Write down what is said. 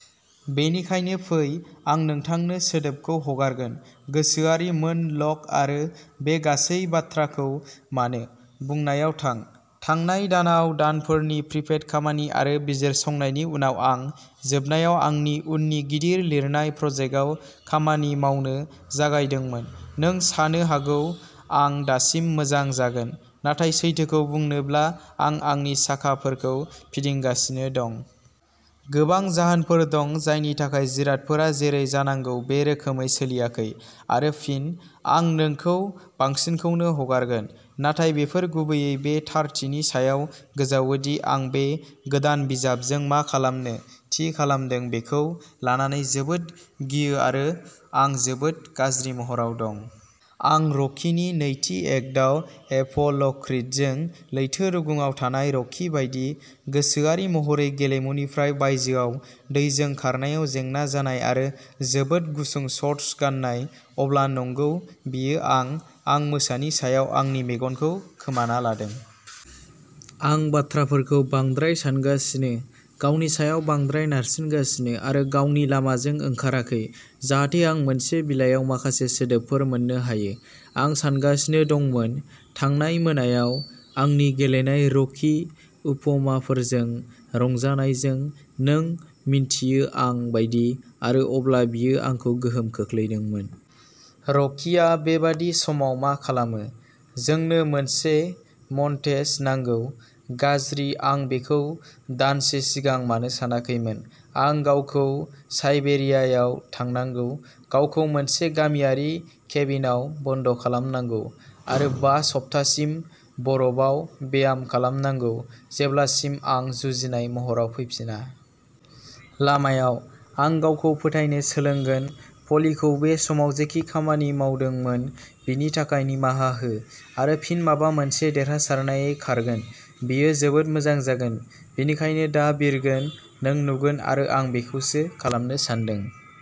बेनिखायनो फै! आं नोंथांनो सोदोबखौ हगारगोन, गोसोआरि मोनल'ग आरो बे गासै बाथ्राखौ "मानो" बुंनायाव थां। थांनाय दानाव-दानफोरनि प्रिपेट खामानि आरो बिजिरसंनायनि उनाव-आं जोबनायाव आंनि उननि गिदिर लिरनाय प्रजेक्टआव खामानि मावनो जागायदोंमोन। नों सानो हागौ आं दासिम मोजां जागोन, नाथाय, सैथोखौ बुंनोब्ला, आं आंनि साखाफोरखौ फिदिंगासिनो दं। गोबां जाहोनफोर दं जायनि थाखाय जिरादफोरा जेरै जानांगौ बे रोखोमै सोलियाखै-आरो फिन, आं नोंखौ बांसिनखौनो हगारगोन। नाथाय बेफोर गुबैयै बे थारथिनि सायाव गोजावो दि आं बे गोदान बिजाबजों मा खालामनो थि खालामदों बेखौ लानानै जोबोद गियोआरो आं जोबोद गाज्रि महराव दं। आं रकि नि नैथि एक्टआव एप'ल'क्रिडजों लैथो रुगुंआव थानाय रकि बायदि। गोसोआरि महरै गेलेमुनिफ्राय बायजोआव, दैजों खारनायाव जेंना जानाय, आरो जोबोद गुसुं शर्टस गान्नाय। अब्ला नंगौ, बेयो आं। आं मोसानि सायाव आंनि मेगनखौ खोमाना लादों। आं बाथ्राफोरखौ बांद्राय सानगासिनो, गावनि सायाव बांद्राय नारसिनगासिनो, आरो आंनि गावनि लामाजों ओंखाराखै जाहाथे आं मोनसे बिलायाव माखासे सोदोबफोर मोन्नो हायो। आं सानगासिनो दंमोन। थांनाय मोनायाव, आंनि गेलेनाय रुकि उपमाफोरजों रंजानायजों-- नों मिन्थियो आं बायदि-- आरो अब्ला बेयो आंखौ गोहोम खोख्लैदोंमोन। रकिआ बेबादि समाव मा खालामो? जोंनो मोनसे मन्टेज नांगौ। गाज्रि, आं बेखौ दानसे सिगां मानो सानाखैमोन? आं गावखौ साइबेरियायाव थांनांगौ, गावखौ मोनसे गामियारि केबिनआव बन्द'खालामनांगौ, आरो बा सप्तासिम बरफआव ब्याम खालामनांगौ जेब्लासिम आं जुजिनाय महराव फैफिना। लामायाव, आं गावखौ फोथायनो सोलोंगोन, प'लिखौ बे समाव जेखि खामानि मावदोंमोन बिनि थाखाय निमाहा हो, आरो फिन माबा मोनसे देरहासारनायै खारगोन! बेयो जोबोद मोजां जागोन! बेनिखायनो दा बिरगोन, नों नुगोन। आरो आं बेखौसो खालामनो सानदों।